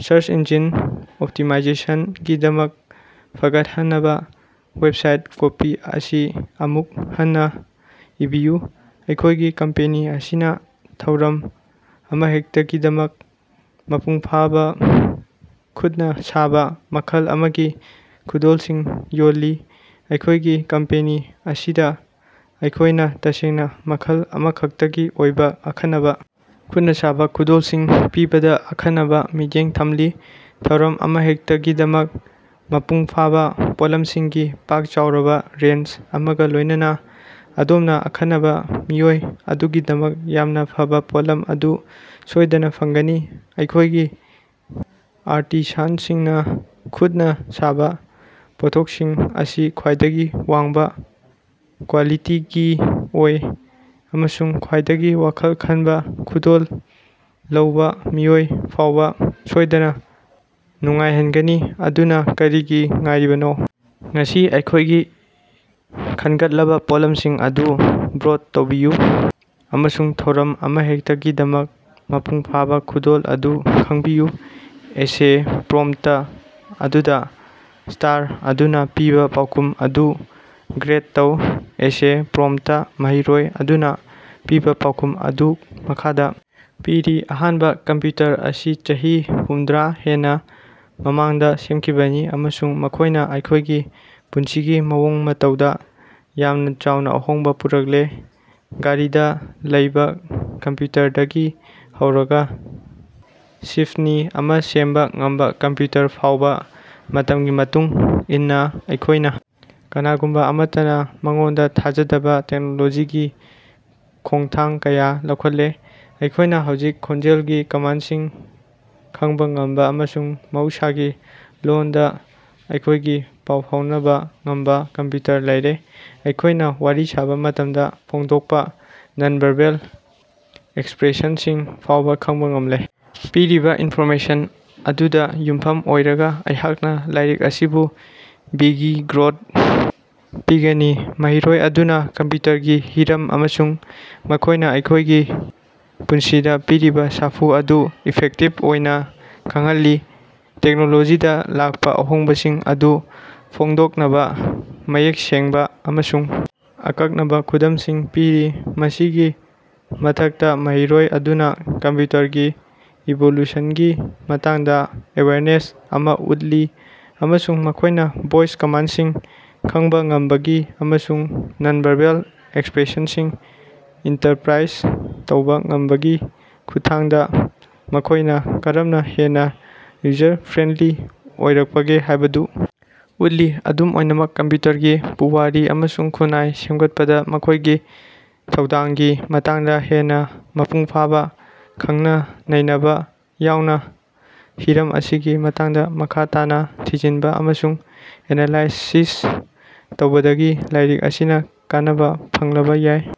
ꯁꯔꯁ engine optimisation ꯒꯤꯗꯃꯛ ꯐꯒꯠꯍꯟꯅꯕ website copy ꯑꯁꯤ ꯑꯃꯨꯛ ꯍꯟꯅ ꯏꯕꯤꯌꯨ꯫ ꯑꯩꯈꯣꯏꯒꯤ ꯀꯝꯄꯦꯅꯤ ꯑꯁꯤꯅꯥ ꯊꯧꯔꯝ ꯑꯃꯍꯦꯛꯇꯒꯤꯗꯃꯛ ꯃꯄꯨꯡ ꯐꯥꯕꯥ ꯈꯨꯠꯅ ꯁꯥꯕ, ꯃꯈꯜ ꯑꯃꯒꯤ ꯈꯨꯗꯣꯜꯁꯤꯡ ꯌꯣꯜꯂꯤ꯫ ꯑꯩꯈꯣꯏꯒꯤ ꯀꯝꯄꯦꯅꯤ ꯑꯁꯤꯗꯥ ꯑꯩꯈꯣꯏꯅꯥ ꯇꯁꯦꯡꯅ ꯃꯈꯜ ꯑꯃꯈꯛꯇꯒꯤ ꯑꯣꯏꯕ ꯑꯈꯟꯅꯕ ꯈꯨꯠꯅ ꯁꯥꯕꯥ ꯈꯨꯗꯣꯜꯁꯤꯡ ꯄꯤꯕꯗꯥ ꯑꯈꯟꯅꯕ ꯃꯤꯠꯌꯦꯡ ꯊꯝꯂꯤ꯫ ꯊꯧꯔꯝ ꯑꯃꯍꯦꯛꯇꯒꯤꯗꯃꯛ ꯃꯄꯨꯡ ꯐꯥꯕꯥ ꯄꯣꯠꯂꯝꯁꯤꯡꯒꯤ ꯄꯥꯛ ꯆꯥꯎꯔꯕ ꯔꯦꯟꯖ ꯑꯃꯒꯥ ꯂꯣꯏꯅꯅꯥ, ꯑꯗꯣꯝꯅ ꯑꯈꯟꯅꯕ ꯃꯤꯑꯣꯏ ꯑꯗꯨꯒꯤꯗꯃꯛ ꯌꯥꯝꯅ ꯐꯕꯥ ꯄꯣꯠꯂꯝ ꯑꯗꯨ ꯁꯣꯏꯗꯅ ꯐꯪꯒꯅꯤ꯫ ꯑꯩꯈꯣꯏꯒꯤ ꯑꯥꯔꯇꯤꯁꯥꯟꯁꯤꯡꯅ ꯈꯨꯠꯅ ꯁꯥꯕ ꯄꯣꯠꯊꯣꯛꯁꯤꯡ ꯑꯁꯤ ꯈ꯭ꯋꯥꯏꯗꯒꯤ ꯋꯥꯡꯕ ꯀ꯭ꯋꯥꯂꯤꯇꯤꯒꯤ ꯑꯣꯏ, ꯑꯃꯁꯨꯡ ꯈ꯭ꯋꯥꯏꯗꯒꯤ ꯋꯥꯈꯜ ꯈꯟꯕ ꯈꯨꯗꯣꯜ ꯂꯧꯕ ꯃꯤꯑꯣꯏ ꯐꯥꯎꯕ ꯁꯣꯏꯗꯅ ꯅꯨꯡꯉꯥꯏꯍꯟꯒꯅꯤ꯫ ꯑꯗꯨꯅꯥ ꯀꯔꯤꯒꯤ ꯉꯥꯏꯔꯤꯕꯅꯣ? ꯉꯁꯤ ꯑꯩꯈꯣꯏꯒꯤ ꯈꯟꯒꯠꯂꯕ ꯄꯣꯠꯂꯝꯁꯤꯡ ꯑꯗꯨ ꯕ꯭ꯔꯣꯗ ꯇꯧꯕꯤꯌꯨ ꯑꯃꯁꯨꯡ ꯊꯧꯔꯝ ꯑꯃꯍꯦꯛꯇꯒꯤꯗꯃꯛ ꯃꯄꯨꯡ ꯐꯥꯕꯥ ꯈꯨꯗꯣꯜ ꯑꯗꯨ ꯈꯪꯕꯤꯌꯨ! ꯑꯦꯁꯦ ꯄ꯭ꯔꯣꯝꯞꯇ ꯑꯗꯨꯗꯥ ꯁꯥꯇꯔ ꯑꯗꯨꯅꯥ ꯄꯤꯕꯥ ꯄꯥꯎꯈꯨꯝ ꯑꯗꯨ ꯒ꯭ꯔꯦꯗ ꯇꯧ꯫ ꯑꯦꯁꯦ ꯄ꯭ꯔꯣꯝꯞꯇꯥ ꯃꯍꯩꯔꯣꯏ ꯑꯗꯨꯅ ꯄꯤꯕꯥ ꯄꯥꯎꯈꯨꯝ ꯑꯗꯨ ꯃꯈꯥꯗ ꯄꯤꯔꯤ꯫ ꯑꯍꯥꯟꯕꯥ ꯀꯝꯄꯌꯨꯇꯔ ꯑꯁꯤ ꯆꯍꯤ ꯍꯨꯝꯗꯔꯥ ꯍꯦꯟꯅꯥ ꯃꯃꯥꯡꯗ ꯁꯦꯝꯈꯤꯕꯅꯤ ꯑꯃꯁꯨꯡ ꯃꯈꯣꯏꯅꯥ ꯑꯩꯈꯣꯏꯒꯤ ꯄꯨꯟꯁꯤꯒꯤ ꯃꯑꯣꯡ ꯃꯇꯧꯗꯥ ꯌꯥꯝꯅꯥ ꯆꯥꯎꯅꯥ ꯑꯍꯣꯡꯕꯥ ꯄꯨꯔꯛꯂꯦ꯫ ꯒꯥꯔꯤꯗ ꯂꯩꯕꯥ ꯀꯝꯄꯌꯨꯇꯔꯗꯒꯤ ꯍꯧꯔꯒꯥ ꯁꯤꯐꯅꯤ ꯑꯃꯥ ꯁꯦꯝꯕ ꯉꯝꯕꯥ ꯀꯝꯄꯌꯨꯇꯔ ꯐꯥꯎꯕꯥ, ꯃꯇꯝꯒꯤ ꯃꯇꯨꯡ ꯏꯟꯅꯥ ꯑꯩꯈꯣꯏꯅꯥ ꯀꯅꯥꯒꯨꯝꯕꯥ ꯑꯃꯠꯇꯅꯥ ꯃꯉꯣꯟꯗꯥ ꯊꯥꯖꯗꯕꯥ ꯇꯦꯛꯅꯣꯂꯣꯖꯤꯒꯤ ꯈꯣꯡꯊꯥꯡ ꯀꯌꯥ ꯂꯧꯈꯠꯂꯦ꯫ ꯑꯩꯈꯣꯏꯅ ꯍꯧꯖꯤꯛ ꯈꯣꯟꯖꯦꯜꯒꯤ ꯀꯃꯥꯟꯗꯁꯤꯡ ꯈꯪꯕꯥ ꯉꯝꯕꯥ ꯑꯃꯁꯨꯡ ꯃꯍꯧꯁꯥꯒꯤ ꯂꯣꯟꯗꯥ ꯑꯩꯈꯣꯏꯒꯥ ꯄꯥꯎ ꯐꯥꯎꯅꯕꯥ ꯉꯝꯕꯥ ꯀꯝꯄꯌꯨꯇꯔ ꯂꯩꯔꯦ, ꯑꯩꯈꯣꯏꯅꯥ ꯋꯥꯔꯤ ꯁꯥꯕꯥ ꯃꯇꯝꯗꯥ ꯐꯣꯡꯗꯣꯛꯄꯥ ꯅꯟ-ꯚꯥꯔꯕꯦꯜ ꯑꯦꯛꯁꯄꯔꯦꯁꯟꯁꯤꯡ ꯐꯥꯎꯕꯥ ꯈꯪꯕꯥ ꯉꯝꯂꯦ꯫ ꯄꯤꯔꯤꯕꯥ ꯏꯟꯐꯣꯔꯃꯦꯁꯟ ꯑꯗꯨꯗꯥ ꯌꯨꯝꯐꯝ ꯑꯣꯏꯔꯒꯥ ꯑꯩꯍꯥꯛꯅꯥ ꯂꯥꯏꯔꯤꯛ ꯑꯁꯤꯕꯨ ꯕꯤꯒꯤ ꯒ꯭ꯔꯦꯗ ꯄꯤꯒꯅꯤ, ꯃꯍꯩꯔꯣꯏ ꯑꯗꯨꯅ ꯀꯝꯄꯌꯨꯇꯔꯒꯤ ꯍꯤꯔꯝ ꯑꯃꯁꯨꯡ ꯃꯈꯣꯏꯅꯥ ꯑꯩꯈꯣꯏꯒꯤ ꯄꯨꯟꯁꯤꯗ ꯄꯤꯔꯤꯕꯥ ꯁꯥꯐꯨ ꯑꯗꯨ ꯏꯐꯦꯛꯇꯤꯕ ꯑꯣꯏꯅꯥ ꯈꯪꯍꯜꯂꯤ, ꯇꯦꯛꯅꯣꯂꯣꯖꯤꯗꯥ ꯂꯥꯛꯄꯥ ꯑꯍꯣꯡꯕꯁꯤꯡ ꯑꯗꯨ ꯐꯣꯡꯗꯣꯛꯅꯕꯥ ꯃꯌꯦꯛ ꯁꯦꯡꯕꯥ ꯑꯃꯁꯨꯡ ꯑꯀꯛꯅꯕꯥ ꯈꯨꯗꯝꯁꯤꯡ ꯄꯤꯔꯤ꯫ ꯃꯁꯤꯒꯤ ꯃꯊꯛꯇꯥ, ꯃꯍꯩꯔꯣꯏ ꯑꯗꯨꯅꯥ ꯀꯝꯄꯌꯨꯇꯔꯒꯤ ꯏꯚꯣꯂꯨꯁꯟꯒꯤ ꯃꯇꯥꯡꯗꯥ ꯑꯦꯋꯦꯌꯔꯅꯦꯁ ꯑꯃꯥ ꯎꯠꯂꯤ ꯑꯃꯁꯨꯡ ꯃꯈꯣꯏꯅꯥ ꯚꯣꯏꯁ ꯀꯃꯥꯟꯗꯁꯤꯡ ꯈꯪꯕꯥ ꯉꯝꯕꯒꯤ ꯑꯃꯁꯨꯡ ꯅꯟ-ꯚꯥꯔꯕꯦꯜ ꯑꯦꯛꯁꯄꯔꯦꯁꯟꯁꯤꯡ ꯏꯟꯇꯔꯄꯔꯥꯏꯖ ꯇꯧꯕ ꯉꯝꯕꯒꯤ ꯈꯨꯠꯊꯥꯡꯗꯥ ꯃꯈꯣꯏꯅꯥ ꯀꯔꯝꯅꯥ ꯍꯦꯟꯅꯥ ꯌꯨꯖꯔ ꯐ꯭ꯔꯦꯟꯗꯂꯤ ꯑꯣꯏꯔꯛꯄꯒꯦ ꯍꯥꯏꯕꯗꯨ ꯎꯠꯂꯤ꯫ ꯑꯗꯨꯝ ꯑꯣꯏꯅꯃꯛ, ꯀꯝꯄꯌꯨꯇꯔꯒꯤ ꯄꯨꯋꯥꯔꯤ ꯑꯃꯁꯨꯡ ꯈꯨꯟꯅꯥꯏ ꯁꯦꯝꯒꯠꯄꯗꯥ ꯃꯈꯣꯏꯒꯤ ꯊꯧꯗꯥꯡꯒꯤ ꯃꯇꯥꯡꯗꯥ ꯍꯦꯟꯅꯥ ꯃꯄꯨꯡ ꯐꯥꯕꯥ ꯈꯟꯅ-ꯅꯩꯅꯕꯥ ꯌꯥꯎꯅ ꯍꯤꯔꯝ ꯑꯁꯤꯒꯤ ꯃꯇꯥꯡꯗ ꯃꯈꯥ ꯇꯥꯅꯥ ꯊꯤꯖꯤꯟꯕ ꯑꯃꯁꯨꯡ ꯑꯦꯅꯥꯂꯥꯏꯁꯤꯁ ꯇꯧꯕꯗꯒꯤ ꯂꯥꯏꯔꯤꯛ ꯑꯁꯤꯅꯥ ꯀꯥꯟꯅꯕ ꯐꯪꯂꯕ ꯌꯥꯏ꯫